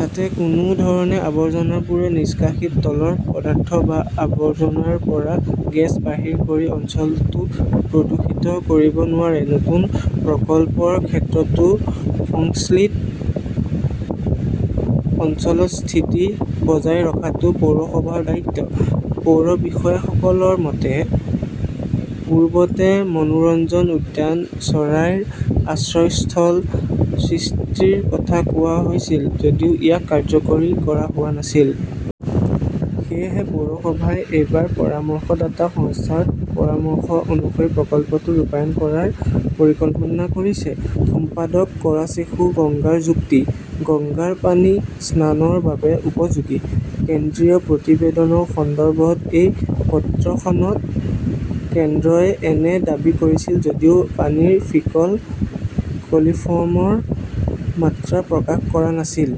যাতে কোনো ধৰণে আৱৰ্জনাবোৰে নিষ্কাশিত তৰল পদাৰ্থ বা আৱৰ্জনাৰ পৰা গেছ বাহিৰ কৰি অঞ্চলটো প্ৰদূষিত কৰিব নোৱাৰে। নতুন প্ৰকল্পৰ ক্ষেত্ৰতো সংশ্লিষ্ট অঞ্চলৰ স্থিতি বজাই ৰখাটো পৌৰসভাৰ দায়িত্ব। পৌৰ বিষয়াসকলৰ মতে, পূৰ্বতে মনোৰঞ্জন উদ্যান, চৰাইৰ আশ্ৰয়স্থল সৃষ্টিৰ কথা কোৱা হৈছিল যদিও ইয়াক কাৰ্যকৰী কৰা হোৱা নাছিল। সেয়েহে পৌৰসভাই এইবাৰ পৰামৰ্শদাতা সংস্থাৰ পৰামৰ্শ অনুসৰি প্ৰকল্পটো ৰূপায়ণ কৰাৰ পৰিকল্পনা কৰিছে। সম্পাদক কৰাচেশুঃ গংগাৰ যুক্তি, "গংগাৰ পানী স্নানৰ বাবে উপযোগী, কেন্দ্ৰীয় প্ৰতিবেদনৰ সন্দৰ্ভত এই পত্ৰখনত কেন্দ্ৰই এনে দাবী কৰিছিল যদিও পানীৰ 'ফিকল কলিফৰ্মৰ' মাত্ৰা প্ৰকাশ কৰা নাছিল।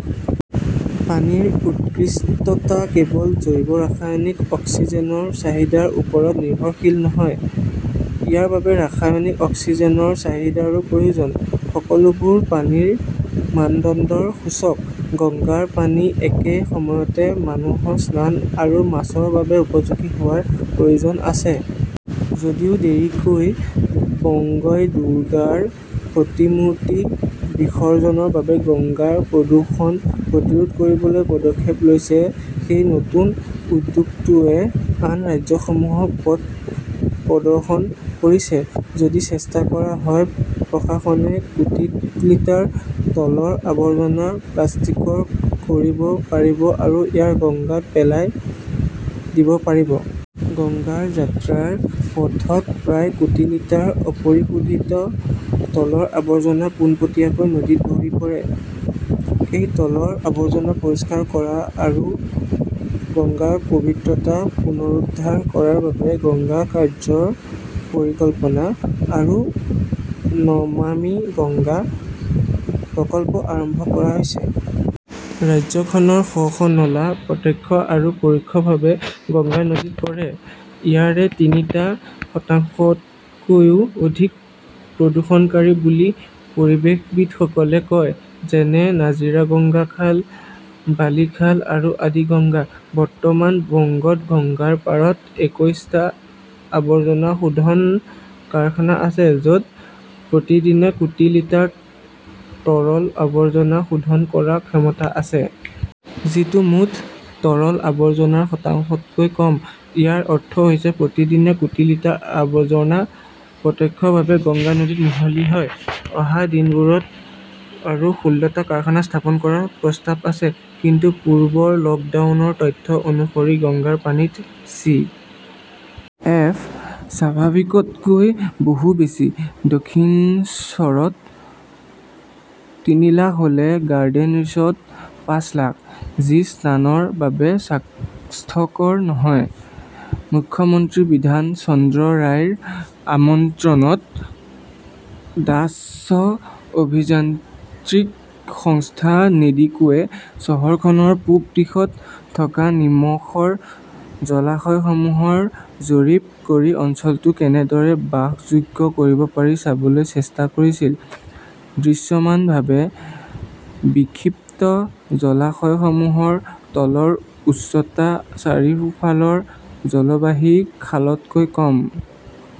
পানীৰ উৎকৃষ্টতা কেৱল জৈৱ ৰাসায়নিক অক্সিজেনৰ চাহিদাৰ ওপৰত নিৰ্ভৰশীল নহয়, ইয়াৰ বাবে ৰাসায়নিক অক্সিজেনৰ চাহিদাৰো প্ৰয়োজন। সকলোবোৰ পানীৰ মানদণ্ডৰ সূচক। গংগাৰ পানী একে সময়তে মানুহৰ স্নান আৰু মাছৰ বাবে উপযোগী হোৱাৰ প্ৰয়োজন আছে। যদিও দেৰিকৈ, বংগই দুৰ্গাৰ প্ৰতিমূৰ্তি বিসৰ্জনৰ বাবে গংগাৰ প্ৰদূষণ প্ৰতিৰোধ কৰিবলৈ পদক্ষেপ লৈছে। সেই নতুন উদ্যোগটোৱে আন ৰাজ্যসমূহক পথ প্ৰদৰ্শন কৰিছে। যদি চেষ্টা কৰা হয়, প্ৰশাসনে কোটি লিটাৰ তৰল আৱৰ্জনা পৰিষ্কাৰ কৰিব পাৰিব আৰু ইয়াক গঙ্গাত পেলাই দিব পাৰিব। গংগাৰ যাত্ৰাৰ পথত প্ৰায় কোটি লিটাৰ অপৰিশোধিত তৰল আৱৰ্জনা পোনপটীয়াকৈ নদীত ভৰি পৰে। এই তৰল আৱৰ্জনা পৰিষ্কাৰ কৰা আৰু গংগাৰ পৱিত্ৰতা পুনৰুদ্ধাৰ কৰাৰ বাবে "গংগা কাৰ্য্য পৰিকল্পনা" আৰু "নমামি গংগা" প্ৰকল্প আৰম্ভ কৰা হৈছে। ৰাজ্যখনৰ শ শ নলা প্ৰত্যক্ষ আৰু পৰোক্ষভাৱে গংগা নদীত পৰে। ইয়াৰে তিনিটা শতাংশতকৈও অধিক প্ৰদূষণকাৰী বুলি পৰিৱেশবিদসকলে কয়। যেনে-নাজিৰগঞ্জ খাল, বালি খাল আৰু আদি গংগা। বৰ্তমান বংগত গংগাৰ পাৰত একৈশটা আৱৰ্জনা শোধন কাৰখানা আছে, য'ত প্ৰতিদিনে কোটি লিটাৰ তৰল আৱৰ্জনা শোধন কৰাৰ ক্ষমতা আছে। যিটো মুঠ তৰল আৱৰ্জনাৰ শতাংশতকৈ কম। ইয়াৰ অৰ্থ হৈছে প্ৰতিদিনে কোটি লিটাৰ আৱৰ্জনা প্ৰত্যক্ষভাৱে গংগা নদীত মিহলি হয়। অহা দিনবোৰত আৰু ষোল্লটা কাৰখানা স্থাপন কৰাৰ প্ৰস্তাৱ আছে। কিন্তু পূৰ্বৰ লকডাউনৰ তথ্য অনুসৰি গংগাৰ পানীত চি. এফ. স্বাভাৱিকতকৈ বহু বেছি। দক্ষিণশ্বৰত তিনি লাখ হ'লে গাৰ্ডেনৰিছত পাঁচ লাখ, যি স্নানৰ বাবে স্বাস্থ্যকৰ নহয়।" মুখ্যমন্ত্ৰী বিধান চন্দ্ৰ ৰায়ৰ আমন্ত্ৰণত ডাচ্চ অভিযান্ত্ৰিক সংস্থা নেডিকোৱে চহৰখনৰ পূব দিশত থকা নিমখৰ জলাশয়সমূহৰ জৰীপ কৰি অঞ্চলটো কেনেদৰে বাসযোগ্য কৰিব পাৰি চাবলৈ চেষ্টা কৰিছিল। দৃশ্যমানভাৱে, বিক্ষিপ্ত জলাশয়সমূহৰ তলৰ উচ্চতা চাৰিওফালৰ জলবাহী খালতকৈ কম।